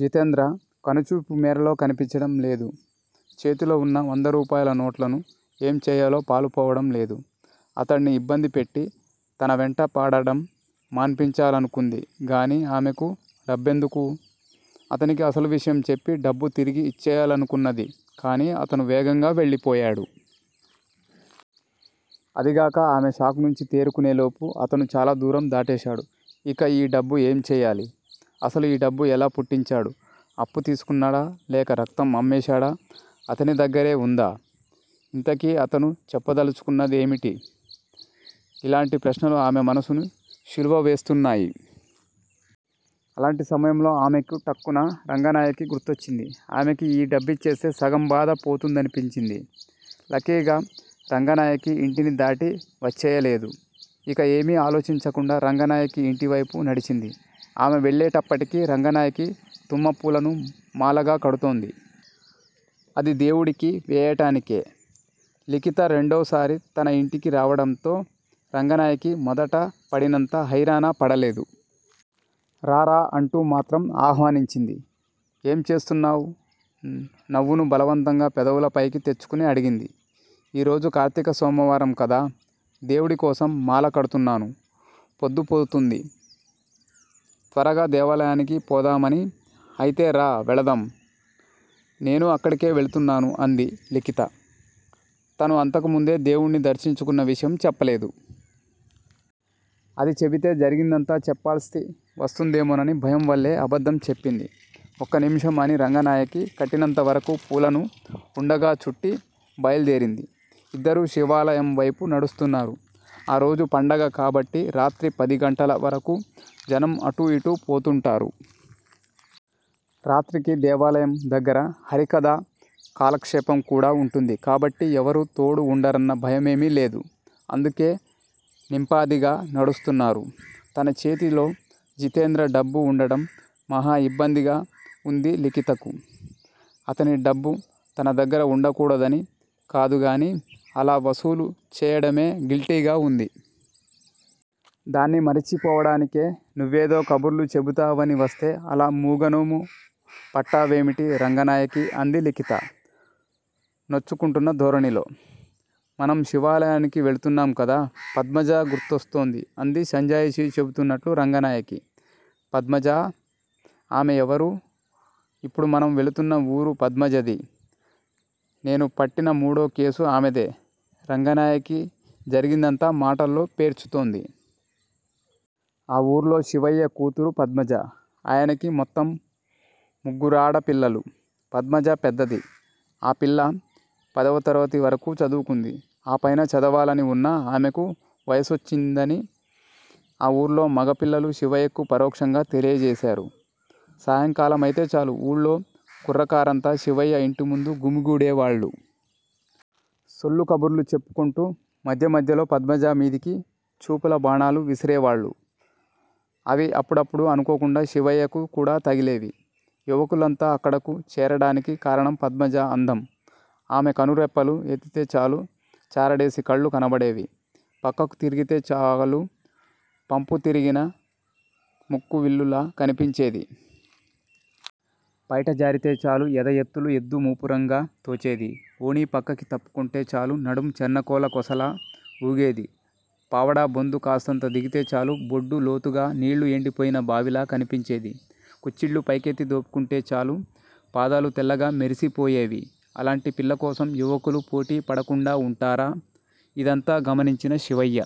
జితేంద్ర కనుచూపు మేరలో కనిపించటం లేదు. చేతిలో వున్న వందరూపాయల నోట్లను ఏం చేయాలో పాలుపోవడం లేదు. అతడ్ని ఇబ్బంది పెట్టి తన వెంట పడడం మాన్పించాలనుకుంది గానీ ఆమెకు డబ్బెందుకు? అతనికి అసలు విషయం చెప్పి డబ్బు తిరిగి ఇచ్చెయ్యాలనుకున్నది కానీ అతను వేగంగా వెళ్ళిపోయాడు. అదీగాక ఆమె షాక్ నుంచి తేరుకునేలోపు అతను చాలా దూరం దాటేశాడు. ఇక ఈ డబ్బు ఏం చేయాలి. అసలు ఈ డబ్బు ఎలా పుట్టించాడు. అప్పు తీసుకున్నాడా? లేక రక్తం అమ్మేశాడా? అతని దగ్గరే వుందా? ఇంతకీ అతను చెప్పదలుచుకున్నదేమిటి? ఇలాంటి ప్రశ్నలు ఆమె మనసుని శిలువ వేస్తున్నాయి. అలాంటి సమయంలో ఆమెకు ఠక్కున రంగనాయకి గుర్తొచ్చింది. ఆమెకి ఈ డబ్బిచ్చేస్తే సగం బాధ పోతుందనిపించింది. లక్కీగా రంగనాయకి ఇంటిని దాటి వచ్చెయ్యలేదు. ఇక ఏమీ ఆలోచించకుండా రంగనాయకి ఇంటివైపు నడిచింది. ఆమె వెళ్ళేటప్పటికి రంగనాయకి తుమ్మపూలను మాలగా కడుతోంది. అది దేవుడికి వేయటానికే. లిఖిత రెండోసారి తన ఇంటికి రావడంతో రంగనాయకి మొదట పడినంత హైరానా పడలేదు. రా రా అంటూ మాత్రం ఆహ్వానించింది. ఏం చేస్తున్నావ్? నవ్వును బలవంతంగా పెదవులపైకి తెచ్చుకుని అడిగింది. ఈరోజు కార్తీక సోమవారం కదా, దేవుడికోసం మాల కడుతున్నాను. పొద్దుపోతుంది. త్వరగా దేవాలయానికి పోదామని అయితే రా వెళదాం. నేనూ అక్కడకే వెళుతున్నాను అంది లిఖిత. తను అంతకు ముందే దేవుడ్ని దర్శించుకున్న విషయం చెప్పలేదు. అది చెబితే జరిగిందంతా చెప్పాల్సి వస్తుందేమోనని భయం వల్లే అబద్దం చెప్పింది. ఒక్క నిముషం అని రంగనాయకి కట్టినంత వరకు పూలను వుండగా చుట్టి బయల్దేరింది. ఇద్దరూ శివాలయం వైపు నడుస్తున్నారు. ఆ రోజు పండగ కాబట్టి రాత్రి పదిగంటల వరకు జనం అటూ యిటూ పోతుంటారు. రాత్రికి దేవాలయం దగ్గర హరికథా కాలక్షేపం కూడా వుంటుంది. కాబట్టి ఎవరూ తోడు వుండరన్న భయమేమీ లేదు. అందుకే నింపాదిగా నడుస్తున్నారు. తన చేతిలో జితేంద్ర డబ్బు వుండడం మహా ఇబ్బందిగా వుంది లిఖితకు. అతని డబ్బు తన దగ్గర వుండకూడదని కాదుగానీ అలా వసూలు చేయడమే గిల్టీగా వుంది. దాన్ని మరిచిపోవడానికే నువ్వేదో కబుర్లు చెబుతావని వస్తే అలా మూగనోము పట్టావేమిటి రంగనాయకీ అంది లిఖిత నొచ్చుకొంటున్న ధోరణిలో. మనం శివాలయానికి వెళుతున్నాం కదా- పద్మజ గుర్తుస్తోంది అంది సంజాయిషీ చెబుతున్నట్లు రంగనాయకి. పద్మజా? ఆమెవరు? ఇప్పుడు మనం వెళుతున్న వూరు పద్మజది. నేను పట్టిన మూడో కేసు ఆమెదే రంగనాయకి జరిగిందంతా మాటల్లో పేర్చుతోంది. ఆ ఊర్లో శివయ్య కూతురు పద్మజ. ఆయనకి మొత్తం ముగ్గురాడపిల్లలు. పద్మజ పెద్దది. ఆ పిల్ల పదవ తరగతి వరకు చదువుకుంది. ఆ పైన చదవాలని వున్నా ఆమెకు వయసొచ్చిందని ఆ ఊర్లో మగపిల్లలు శివయ్యకు పరోక్షంగా తెలియజేశారు. సాయంకాలమైతే చాలు ఊర్లో కుర్రకారంతా శివయ్య ఇంటిముందు గుమిగూడేవాళ్ళు. సొల్లు కబుర్లు చెప్పుకొంటూ మధ్య మధ్యలో పద్మజ మీదకి చూపుల బాణాలు విసిరేవాళ్ళు. అవి అప్పుడప్పుడు అనుకోకుండా శివయ్యకు కూడా తగిలేవి. యువకులంతా అక్కడకు చేరడానికి కారణం పద్మజ అందం. ఆమె కనురెప్పలు ఎత్తితే చాలు చారడేసి కళ్ళు కనబడేవి పక్కకు తిరిగితే చాలు పంపు తిరిగిన ముక్కు విల్లులా కనిపించేది. పైట జారితే చాలు ఎద ఎత్తులు ఎద్దు మూపురంగా తోచేది. ఓణి పక్కకి తప్పుకొంటే చాలు నడుం చెర్నకోల కొసలా వూగేది. పావడా బొందు కాస్తంత దిగితే చాలు బొడ్డు లోతుగా నీళ్ళు ఎండిపోయిన బావిలా కనిపించేది. కుచ్చిళ్ళు పైకెత్తి దోపుకుంటే చాలు పాదాలు తెల్లగా మెరిసిపోయేవి. అలాంటి పిల్లకోసం యువకులు పోటీ పడకుండా వుంటారా? ఇదంతా గమనించిన శివయ్య